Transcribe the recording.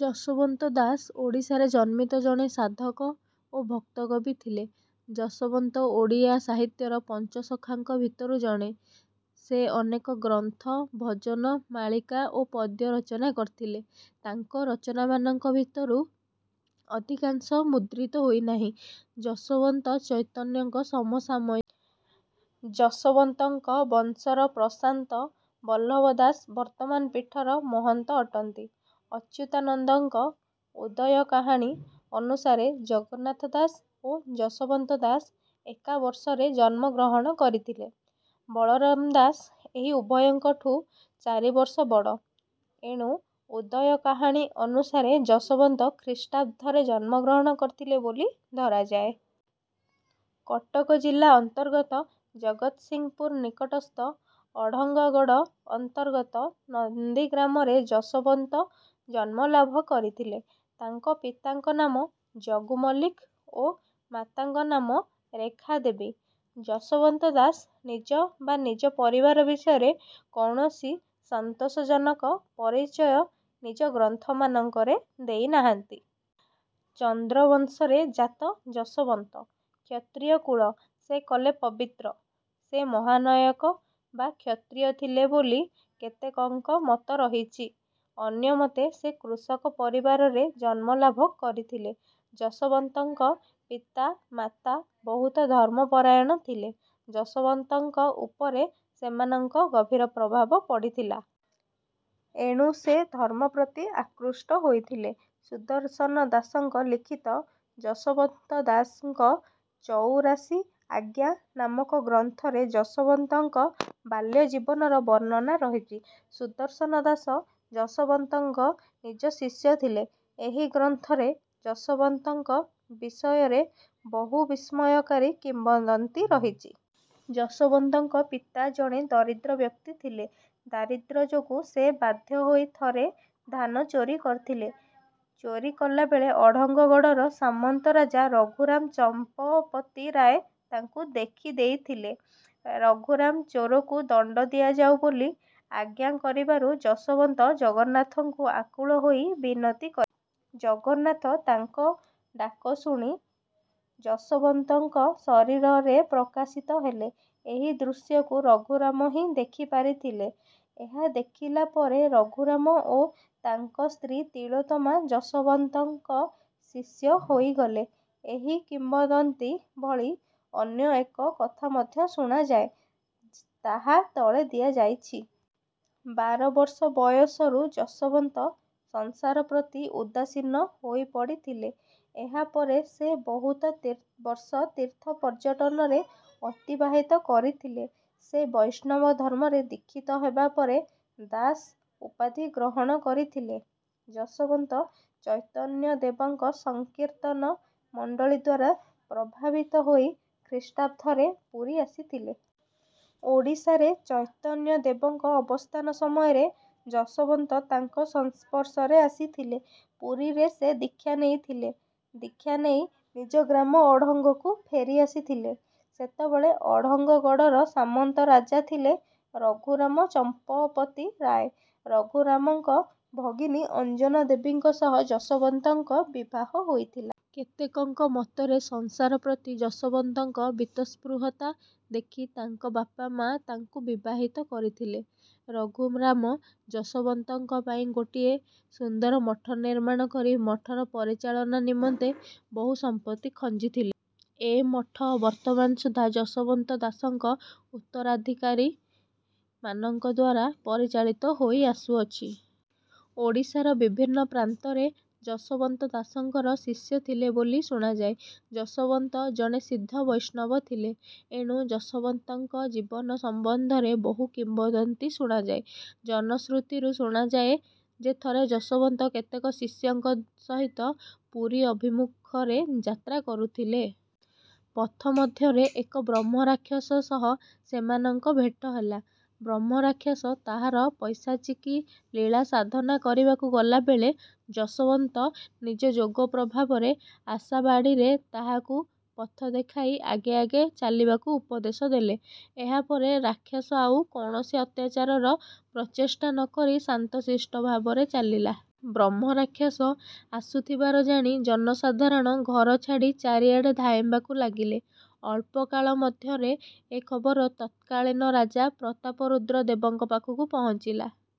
ଯଶୋବନ୍ତ ଦାସ ଓଡ଼ିଶାରେ ଜନ୍ମିତ ଜଣେ ସାଧକ ଓ ଭକ୍ତକବି ଥିଲେ। ଯଶୋବନ୍ତ ଓଡ଼ିଆ ସାହିତ୍ୟର ପଞ୍ଚସଖାଙ୍କ ଭିତରୁ ଜଣେ। ସେ ଅନେକ ଗ୍ରନ୍ଥ, ଭଜନ, ମାଳିକା ଓ ପଦ୍ୟ ରଚନା କରିଥିଲେ। ତାଙ୍କ ରଚନାମାନଙ୍କ ଭିତରୁ ଅଧିକାଂଶ ମୁଦ୍ରିତ ହୋଇନାହିଁ। ଯଶୋବନ୍ତ ଚୈତନ୍ୟଙ୍କ ସମସାମୟିକ ଥିଲେ। ଯଶୋବନ୍ତଙ୍କ ବଂଶର ପ୍ରଶାନ୍ତ ବଲ୍ଲଭ ଦାସ ବର୍ତ୍ତମାନ ପୀଠର ମହନ୍ତ ଅଟନ୍ତି। ଅଚ୍ୟୁତାନନ୍ଦଙ୍କ 'ଉଦୟ କାହାଣୀ' ଅନୁସାରେ ଜଗନ୍ନାଥ ଦାସ ଓ ଯଶୋବନ୍ତ ଦାସ ଏକା ବର୍ଷରେ ଜନ୍ମଗ୍ରହଣ କରିଥିଲେ। ବଳରାମ ଦାସ ଏହି ଉଭୟଙ୍କଠୁଁ ଚାରିବର୍ଷ ବଡ଼। ଏଣୁ 'ଉଦୟ କାହାଣୀ' ଅନୁସାରେ ଯଶୋବନ୍ତ ଖ୍ରୀଷ୍ଟାବ୍ଦ ରେ ଜନ୍ମଗ୍ରହଣ କରିଥିଲେ ବୋଲି ଧରାଯାଏ। କଟକ ଜିଲ୍ଲା ଅନ୍ତର୍ଗତ ଜଗତସିଂହପୁର ନିକଟସ୍ଥ ଅଢ଼ଙ୍ଗଗଡ଼ ଅନ୍ତର୍ଗତ ନନ୍ଦୀଗ୍ରାମରେ ଯଶୋବନ୍ତ ଜନ୍ମଲାଭ କରିଥିଲେ। ତାଙ୍କ ପିତାଙ୍କ ନାମ ଜଗୁ ମଲ୍ଲିକ ଓ ମାତାଙ୍କ ନାମ ରେଖାଦେବୀ। ଯଶୋବନ୍ତ ଦାସ ନିଜ ବା ନିଜ ପରିବାର ବିଷୟରେ କୌଣସି ସନ୍ତୋଷଜନକ ପରିଚୟ ନିଜ ଗ୍ରନ୍ଥମାନଙ୍କରେ ଦେଇନାହାନ୍ତି। ଚନ୍ଦ୍ର ବଂଶରେ ଜାତ ଯଶୋବନ୍ତ। କ୍ଷତ୍ରିୟ କୁଳ ସେ କଲେ ପବିତ୍ର।। ସେ ମହାନାୟକ ବା କ୍ଷତ୍ରିୟ ଥିଲେ ବୋଲି କେତେକଙ୍କ ମତ ରହିଛି। ଅନ୍ୟମତେ ସେ କୃଷକ ପରିବାରରେ ଜନ୍ମଲାଭ କରିଥିଲେ। ଯଶୋବନ୍ତଙ୍କ ପିତା ମାତା ବହୁତ ଧର୍ମ ପରାୟଣ ଥିଲେ। ଯଶୋବନ୍ତଙ୍କ ଉପରେ ସେମାନଙ୍କ ଗଭୀର ପ୍ରଭାବ ପଡ଼ିଥିଲା। ଏଣୁ ସେ ଧର୍ମ ପ୍ରତି ଆକୃଷ୍ଟ ହୋଇଥିଲେ। ସୁଦର୍ଶନ ଦାସଙ୍କ ଲିଖିତ 'ଯଶୋବନ୍ତ ଦାସଙ୍କ ଚଉରାଶି ଆଜ୍ଞା' ନାମକ ଗ୍ରନ୍ଥରେ ଯଶୋବନ୍ତଙ୍କ ବାଲ୍ୟ ଜୀବନର ବର୍ଣ୍ଣନା ରହିଛି। ସୁଦର୍ଶନ ଦାସ ଯଶୋବନ୍ତଙ୍କ ନିଜ ଶିଷ୍ୟ ଥିଲେ। ଏହି ଗ୍ରନ୍ଥରେ ଯଶୋବନ୍ତଙ୍କ ବିଷୟରେ ବହୁ ବିସ୍ମୟକାରୀ କିମ୍ବଦନ୍ତୀ ରହିଛି। ଯଶୋବନ୍ତଙ୍କ ପିତା ଜଣେ ଦରିଦ୍ର ବ୍ୟକ୍ତି ଥିଲେ। ଦାରିଦ୍ର୍ୟ ଯୋଗୁଁ ସେ ବାଧ୍ୟ ହୋଇ ଥରେ ଧାନ ଚୋରି କରିଥିଲେ। ଚୋରି କଲାବେଳେ ଅଢ଼ଙ୍ଗଗଡ଼ର ସାମନ୍ତରାଜା ରଘୁରାମ ଚ଼ମ୍ପପତି ରାୟ ତାଙ୍କୁ ଦେଖିଦେଇଥିଲେ। ରଘୁରାମ ଚୋରକୁ ଦଣ୍ଡ ଦିଆଯାଉ ବୋଲି ଆଜ୍ଞା କରିବାରୁ ଯଶୋବନ୍ତ ଜଗନ୍ନାଥଙ୍କୁ ଆକୁଳ ହୋଇ ବିନତି କଲେ। ଜଗନ୍ନାଥ ତାଙ୍କ ଡାକ ଶୁଣି ଯଶୋବନ୍ତଙ୍କ ଶରୀରରେ ପ୍ରକାଶିତ ହେଲେ। ଏହି ଦୃଶ୍ୟକୁ ରଘୁରାମ ହିଁ ଦେଖିପାରିଥିଲେ। ଏହା ଦେଖିଲାପରେ ରଘୁରାମ ଓ ତାଙ୍କ ସ୍ତ୍ରୀ ତିଳୋତ୍ତମା ଯଶୋବନ୍ତଙ୍କ ଶିଷ୍ୟ ହୋଇଗଲେ। ଏହି କିମ୍ବଦନ୍ତୀ ଭଳି ଅନ୍ୟ ଏକ କଥା ମଧ୍ୟ ଶୁଣାଯାଏ। ତାହା ତଳେ ଦିଆଯାଇଛି। ବାରବର୍ଷ ବୟସରୁ ଯଶୋବନ୍ତ ସଂସାର ପ୍ରତି ଉଦାସୀନ ହୋଇପଡ଼ିଥିଲେ। ଏହା ପରେ ସେ ବହୁତ ବର୍ଷ ତୀର୍ଥ ପର୍ଯ୍ୟଟନରେ ଅତିବାହିତ କରିଥିଲେ। ସେ ବୈଷ୍ଣବ ଧର୍ମରେ ଦୀକ୍ଷିତ ହେବା ପରେ 'ଦାସ' ଉପାଧି ଗ୍ରହଣ କରିଥିଲେ। ଯଶୋବନ୍ତ ଚୈତନ୍ୟ ଦେବଙ୍କ ସଂକୀର୍ତ୍ତନ ମଣ୍ଡଳୀଦ୍ୱାରା ପ୍ରଭାବିତ ହୋଇ ଖ୍ରୀଷ୍ଟାବ୍ଦ ରେ ପୁରୀ ଆସିଥିଲେ। ଓଡ଼ିଶାରେ ଚୈତନ୍ୟ ଦେବଙ୍କ ଅବସ୍ଥାନ ସମୟରେ ଯଶୋବନ୍ତ ତାଙ୍କ ସଂସ୍ପର୍ଶରେ ଆସିଥିଲେ। ପୁରୀରେ ସେ ଦୀକ୍ଷା ନେଇଥିଲେ। ଦୀକ୍ଷା ନେଇ ନିଜ ଗ୍ରାମ ଅଢ଼ଙ୍ଗକୁ ଫେରିଆସିଥିଲେ। ସେତେବେଳେ ଅଢ଼ଙ୍ଗଗଡ଼ର ସାମନ୍ତ ରାଜା ଥିଲେ ରଘୁରାମ ଚମ୍ପପତି ରାୟ। ରଘୁରାମଙ୍କ ଭଗିନୀ ଅଞ୍ଜନା ଦେବୀଙ୍କ ସହ ଯଶୋବନ୍ତଙ୍କ ବିବାହ ହୋଇଥିଲା। କେତେକଙ୍କ ମତରେ ସଂସାର ପ୍ରତି ଯଶୋବନ୍ତଙ୍କ ବୀତସ୍ପୃହତା ଦେଖି ତାଙ୍କ ବାପା ମା ତାଙ୍କୁ ବିବାହିତ କରିଥିଲେ। ରଘୁରାମ ଯଶୋବନ୍ତଙ୍କ ପାଇଁ ଗୋଟିଏ ସୁନ୍ଦର ମଠ ନିର୍ମାଣ କରି ମଠର ପରିଚାଳନା ନିମନ୍ତେ ବହୁ ସମ୍ପତ୍ତି ଖଞ୍ଜିଥିଲେ। ଏ ମଠ ବର୍ତ୍ତମାନ ସୁଦ୍ଧା ଯଶୋବନ୍ତ ଦାସଙ୍କ ଉତ୍ତରାଧିକାରୀମାନଙ୍କଦ୍ୱାରା ପରିଚାଳିତ ହୋଇ ଆସୁଛି। ଓଡ଼ିଶାର ବିଭିନ୍ନ ପ୍ରାନ୍ତରେ ଯଶୋବନ୍ତ ଦାସଙ୍କର ଶିଷ୍ୟ ଥିଲେ ବୋଲି ଶୁଣାଯାଏ। ଯଶୋବନ୍ତ ଜଣେ ସିଦ୍ଧ ବୈଷ୍ଣବ ଥିଲେ। ଏଣୁ ଯଶୋବନ୍ତଙ୍କ ଜୀବନ ସମ୍ବନ୍ଧରେ ବହୁ କିମ୍ବଦନ୍ତୀ ଶୁଣାଯାଏ। ଜନଶ୍ରୁତିରୁ ଶୁଣାଯାଏ ଯେ ଥରେ ଯଶୋବନ୍ତ କେତେକ ଶିଷ୍ୟଙ୍କ ସହିତ ପୁରୀ ଅଭିମୁଖରେ ଯାତ୍ରା କରୁଥିଲେ। ପଥ ମଧ୍ୟରେ ଏକ ବ୍ରହ୍ମରାକ୍ଷସ ସହ ସେମାନଙ୍କ ଭେଟ ହେଲା। ବ୍ରହ୍ମରାକ୍ଷସ ତାହାର ପୈଶାଚିକୀ ଲୀଳା ସାଧନା କରିବାକୁ ଗଲାବେଳେ ଯଶୋବନ୍ତ ନିଜ ଯୋଗ ପ୍ରଭାବରେ ଆଶାବାଡ଼ିରେ ତାହାକୁ ପଥ ଦେଖାଇ ଆଗେ ଆଗେ ଚାଲିବାକୁ ଉପଦେଶ ଦେଲେ। ଏହା ପରେ ରାକ୍ଷସ ଆଉ କୌଣସି ଅତ୍ୟାଚାରର ପ୍ରଚେଷ୍ଟା ନ କରି ଶାନ୍ତ ଶିଷ୍ଟ ଭାବରେ ଚାଲିଲା। ବ୍ରହ୍ମରାକ୍ଷସ ଆସୁଥିବାର ଜାଣି ଜନସାଧାରଣ ଘର ଛାଡ଼ି ଚାରିଆଡ଼େ ଧାଇଁବାକୁ ଲାଗିଲେ। ଅଳ୍ପକାଳ ମଧ୍ୟରେ ଏ ଖବର ତତ୍କାଳୀନ ରାଜା ପ୍ରତାପରୁଦ୍ର ଦେବଙ୍କ ପାଖକୁ ପହଞ୍ଚିଲା।